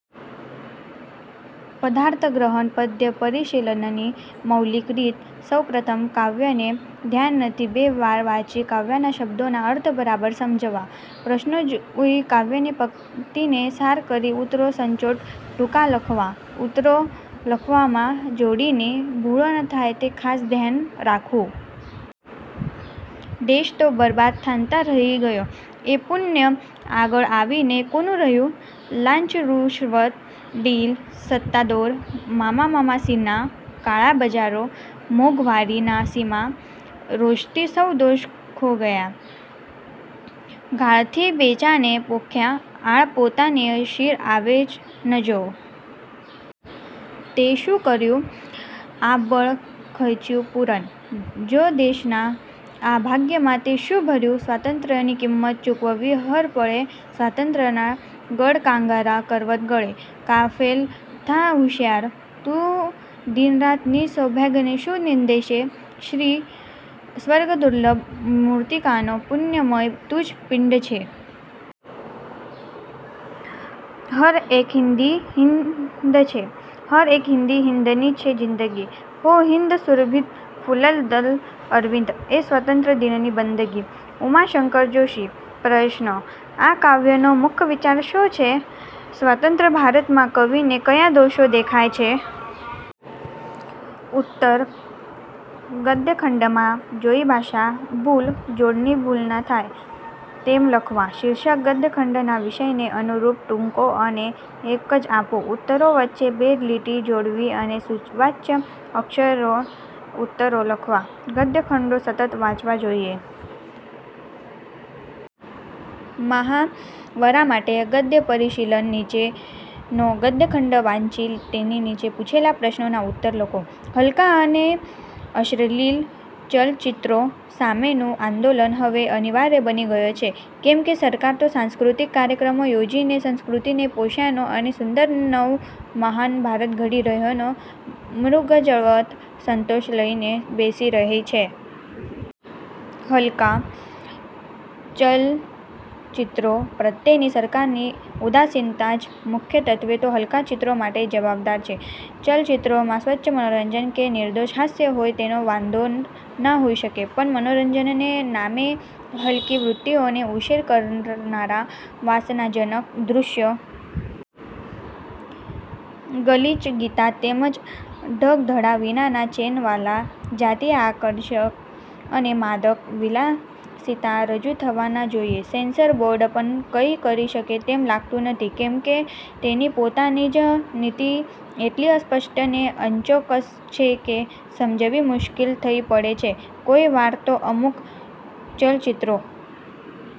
પદ્યાર્થગ્રહણ પદ્ય પરિશીલનની મૌલિક રીત: સૌ પ્રથમ કાવ્યને ધ્યાનથી બે વાર વાંચી કાવ્યના શબ્દોના અર્થ બરાબર સમજવા. પ્રશ્નો જોઈ કાવ્યની પંક્તિનો સાર કરી ઉત્તરો સંચોટ, ટૂંકા લખવા. ઉત્તરો લખવામાં જોડણીની ભૂલો ન થાય તે ખાસ ધ્યાન રાખવું. દેશ તો બરબાદ થાતાં રહી ગયો, એ પુણ્ય આગળ આવીને કોને રહ્યું? લાંચરુશ્વત, ઢીલ, સત્તાદોર, મામામાસીના, કાળા બજારો, મોંઘવારી; ના સીમા! રોષથી સૌ દોષ ગોખ્યાં, ગાળથી બીજાને પોખ્યાં. આળ પોતાનેય શિર આવે જ ન, જો! તે શું કર્યું? આપબળ ખચ્યુઁ પૂરણ? જો, દેશના આ ભાગ્યમાં તેં શું ભર્યું? સ્વાતંત્ર્યની કિંમત ચૂકવવી હર પળે; સ્વાતંત્ર્યના ગઢકાંગરા: કરવત ગળે. ગાફેલ, થા હુશિયાર! તું દિનરાત નિજ સૌભાગ્યને શું નિંદશે? શી સ્વર્ગદુર્લભ મૃતિકાનો પુણ્યમય તુજ પિંડ છે! હર એક હિંદી હિંદ છે. હર એક હિંદી હિંદની છે જિંદગી. હો હિંદ સુરભિત ફુલ્લદલ અરવિંદ: એ સ્વાતંત્ર્ય દિનની બંદગી. ઉમાશંકર જોષી પ્રશ્નો: આ કાવ્યનો મુખ વિચાર શો છે? સ્વતંત્ર ભારતમાં કવિને ક્યા દોષો દેખાય છે? ઉત્તર ગદ્યખંડમાં જોઈ ભાષા ભૂલ, જોડણી ભૂલ ના થાય તેમ લખવા. શીર્ષક ગદ્યખંડના વિષયને અનુરૂપ ટૂંકું અને એક જ આપવું. ઉત્તરો વચ્ચે બે લીટી છોડવી અને સુચવાચ્ય અક્ષરે ઉત્તરો લખવા. ગદ્યખંડો સતત વાંચવા જોઈએ. મહાવરા માટે ગદ્યપરિશીલન: જે નો ગદ્યખંડ વાંચી તેની નીચે પૂછેલા પ્રશ્નોના ઉત્તર લખો. હલકાં અને અશ્લિલ ચલચિત્રો સામેનું આંદોલન હવે અનિવાર્ય બની ગયું છે, કેમ કે સરકાર તો સાંસ્કૃતિક કાર્યક્રમો યોજીને સંસ્કૃતિને પોષ્યાનો ને સુંદર નવું મહાન ભારત ઘડી રહ્યાનો મૃગજળવત્ સંતોષ લઈને બેસી રહી છે. હલકાં ચલચિત્રો પ્રત્યેની સરકારની ઉદાસીનતા જ મુખ્યતત્વે તો હલકાં ચિત્રો માટે જવાબદાર છે. ચલચિત્રોમાં સ્વચ્છ મનોરંજન કે નિર્દોષ હાસ્ય હોય તેનો વાંધો ન હોઈ શકે, પણ મનોરંજનને નામે હલકી વૃત્તિઓને ઉશ્કેરનારા વાસનાજનક દ્રશ્યો, ગલીચ ગીતા તેમ જ ઢંગધડા વિનાના ચેનવાળા, જાતીય આકર્ષણ અને માદક વિલાસિતા રજૂ થવાં ન જોઈએ, સેન્સર બોર્ડ પણ કંઈ કરી શકે તેમ લાગતું નથી, કેમ કે તેની પોતાની જ નીતિ એટલી અસ્પષ્ટ ને અચોક્કસ છે કે સમજવી મુશ્કેલ થઇ પડે છે. કોઈ વાર તો અમુક ચલચિત્રો